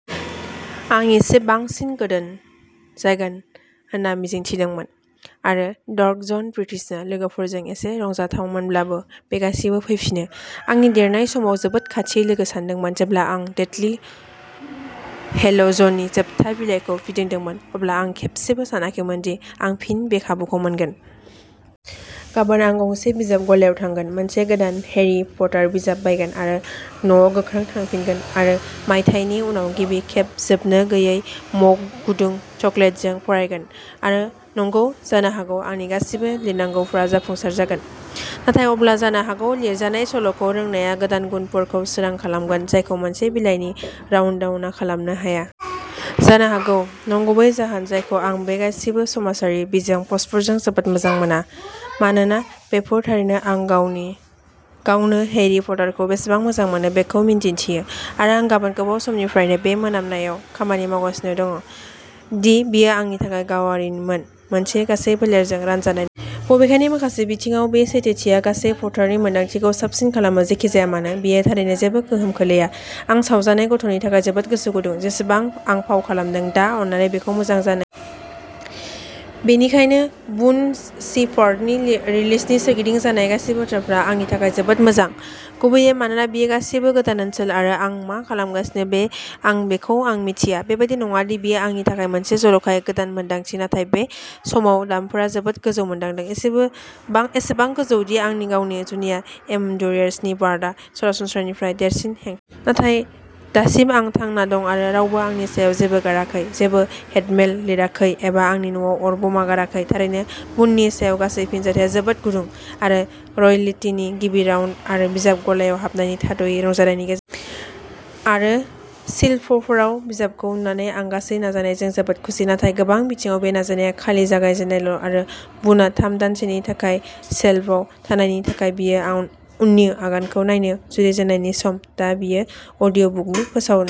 आं इसे बांसिन गोदान जागोन होनना मिजिं थिदोंमोन, आरो डार्क जन बिट्सआ लोगोफोरजों एसे रंजाथावमोनब्लाबो, बे गासैबो फैफिनो। आंनि देरनाय समाव जोबोद खाथि लोगो सानदोंमोन। जेब्ला आं डेथलि हेल'जनि जोबथा बिलाइखौ फिदिंदोंमोन, अब्ला आं खेबसेबो सानाखैमोन दि आं फिन बै खाबुखौ मोनगोन। गाबोन आं गंसे बिजाब गलायाव थांगोन, मोनसे गोदान हेरी पटार बिजाब बायगोन आरो न'आव गोख्रै थांफिनगोन आरो मायथाइनि उनाव गिबि खेब जोबनो गैयै मग गुदुं चकलेटजों फरायगोन। आरो नंगौ, जानो हागौ आंनि गासैबो गिनांगौफोरा जाफुंसार जागोन, नाथाय अब्ला जानो हागौ लिरजानाय सल'खौ रोंनाया गोदान गुनफोरखौ सोरां खालामगोन जायखौ मोनसे बिलाइनि रानडाउनआ खालामनो हाया। जानो हागौ। नंगुबै जाहोन जायखौ आं बै गासैबो समाजारि बिजों पस्टफोरखौ जोबोद मोजां मोना, मानोना बेफोर थारैनो आं गावनो हैरी पटारखौ बेसेबां मोजां मोनो बेखौ दिन्थियो, आरो आं गोबाव समनिफ्रायनो बे मोनामनायाव खामानि मावगासिनो दं दि बेयो आंनि थाखाय गावारिमोन, मोनसे गासै फोलेरजों रानजानाय नङामोन। बबेखानि माखासे बिथिङाव, बे सैथोथिया। गासै पटारनि मोन्दांथिखौ साबसिन खालामो। जेखि जाया मानो, बेयो थारैनो जेबो गोहोम खोख्लैया। आं सावजानाय गथ'नि थाखाय जोबोद गोसो गुदुं, जेसेबां आं फाव खालामो। दा अन्नानै बेखौ मोजां जानो हो। बेनिखायनो बुन शेपार्डनि रिलिजनि सोरगिदिं जानाय गासैबो बाथ्राफोरा आंनि थाखाय जोबोद मोजां, गुबैयै मानोना बेयो गासैबो गोदान ओनसोल आरो आं मा खालामगासिनो बेखौ आं मिन्थिया। बेबादि नङा दि बेयो आंनि थाखाय मोनसे जर'खायै गोदान मोनदांथि, नाथाय बे समाव दामफोरा जोबोद गोजौ मोनदांदों, एसेबां गोजौ दि आंनि गावनि जुनिया एमेचुरिज्मनि ब्रान्डआ सरासनस्रानिफ्राय देरसिन हेंथा जाबाय। नाथाय, दासिम आं थांना दं आरो रावबो आंनि सायाव जेबो गाराखै, जेबो हेटमेल लिराखै एबा आंनि न'आव अर बमा गाराखै। थारैनो, बुननि सायाव गासै फिनजाथाया जोबोद गुदुं, आरो रयेल्टीनि गिबि राउन्ड आरो बिजाब गलायाव हाबनायनि थाद'यै रंजानायनि गेजेराव। आरो शेल्फफोराव बिजाबखौ नुनानै आं गासै नाजानायजों जोबोद खुसि। नाथाय गोबां बिथिङाव बे नाजानाया खालि जागायजेन्नायल'आरो बुनआ थाम दानसोनि थाखाय शेल्फआव थानायनि थाखाय, बेयो उननि आगानखौ नायनो जुरिजेननायनि सम। दा बेयो अडिअ'बुकनि फोसावनाय।